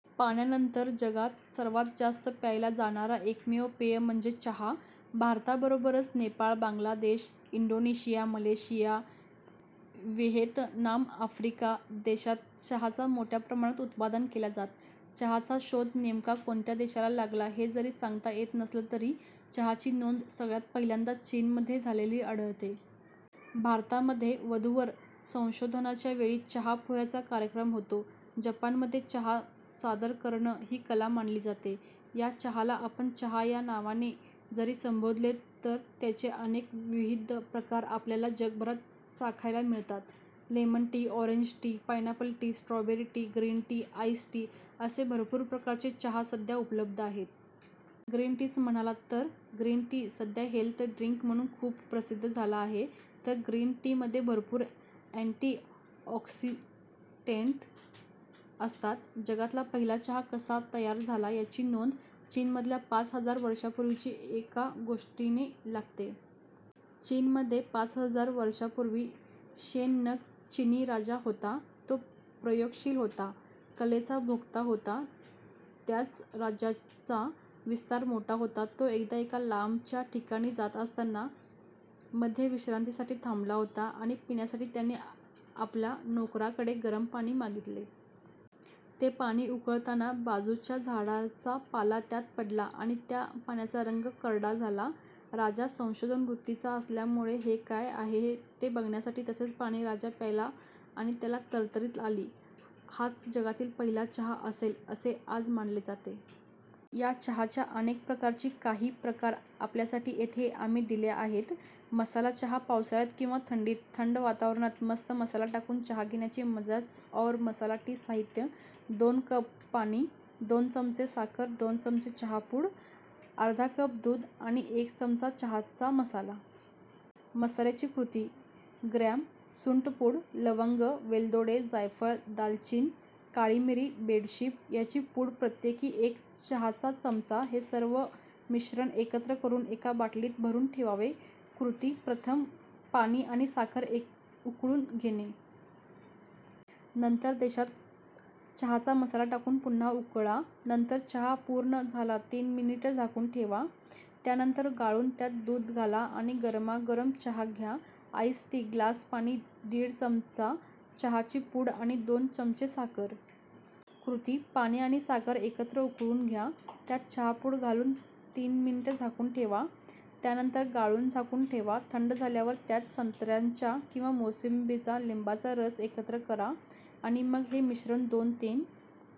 पाण्यानंतर जगात सर्वात जास्त प्यायल जाणार एकमेव पेय म्हणजे चहा. भारताबरोबरच Nepal, Bangladesh, Indonesia, Malaysia, Vietnam, Africa देशांत चहाचं मोठ्या प्रमाणात उत्पादन केला जातं. चहाचा शोध नेमका कोणत्या देशात लागला हे जरी सांगता येत नसलं तरी चहाची नोंद सगळ्यात पहिल्यांदा चीनमध्ये झालेली आढळते. भारतामध्ये वधूवर संशोधनाच्या वेळी चहा पोह्यांचा कार्यक्रम होतो, जपानमध्ये चहा सादर करण ही कला मानली जाते. या चहाला आपण चहा या नावाने जरी संबोधलं तर याचे अनेकविध प्रकार आपल्याला जगभरात चाखायला मिळतात. Lemon tea, orange tea, pineapple tea, strawberry tea, green tea ice tea असे भरपूर प्रकारचे चहा सध्या उपलब्ध आहेत. ग्रीन टी चं म्हणाल तर ग्रीन टी सध्या हेल्थ ड्रिंक म्हणून खूप प्रसिद्ध झाला आहे. तर ग्रीन टी मध्ये भरपूर अँटी ऑक्सीडेंट असतात. जगातला पहिला चहा कसा तयार झाला याची नोंद चीनमधल्या पाच हजार वर्षांपूर्वीच्या एका गोष्टीने लागते. चीनमध्ये पाच हजार वर्षांपूर्वी शेन नग चिनी राजा होता. तो प्रयोगशील होता. कलेचा भोक्ता होता. त्याच राज्याचा विस्तार मोठा होता. तो एकदा एका लांबच्या ठिकाणी जात असताना मध्ये विश्रांतीसाठी थांबला होता आणि पिण्यासाठी त्याने आपला नोकरांकडे गरम पाणी मागितले. ते पाणी उकळताना बाजूच्या झाडांचा पाला त्यात पडला आणि त्या पाण्याचा रंग करडा झाला. राजा संशोधन वृत्तीचा असल्यामुळे हे काय आहे ते बघण्यासाठी तसेच पाणी राजा प्यायला आणि त्याला तरतरी आली. हाच जगातील पहिला चहा असेल असे आज मानले जाते. या चहाच्या अनेक प्रकारांची काही प्रकार आपल्यासाठी येथे आम्ही दिले आहेत. मसाला चहा पावसाळ्यात किंवा थंडीत थंड वातावरणात मस्त मसाला टाकून चहा घेण्याची मजाच और! मसाला टी साहित्य: दोन कप पाणी, दोन चमचे साखर, दोन चमचे चहा पूड, अर्धा कप दूध आणि एक चमचा चहाचा मसाला. मसाल्याची कृती – ग्रॅम, सुंठपूड, लवंग, वेलदोडे, जायफळ, दालचिनी, काळीमिरी, बडिशेप ह्यांची पूड प्रत्येकी एक चहाचा चमचा. हे सर्व मिश्रण एकत्र करून एका बाटलीत भरून ठेवावे. कृती: प्रथम पाणी आणि साखर एकत्र उकळून घेणे. नंतर देशात चहाचा मसाला टाकून पुन्हा उकळा. नंतर चहा पूर्ण झालं तीन मिनिटं झाकून ठेवा. त्यानंतर गाळून त्यात दूध घाला आणि गरमगरम चहा द्या. आइस टी: ग्लास पाणी, दीड चमचा चहाची पूड आणि दोन चमचे साखर. कृती: पाणी आणि साखर एकत्र उकळून घ्या. त्यात चहा पूड घालून तीन मिनिटं झाकून ठेवा. त्यानंतर गाळून झाकून ठेवा. थंड झाल्यावर त्यात संत्र्याच्या किंवा मोसंबीचा, लिंबाचा रस एकत्र करा. आणि मग हे मिश्रण दोन तीन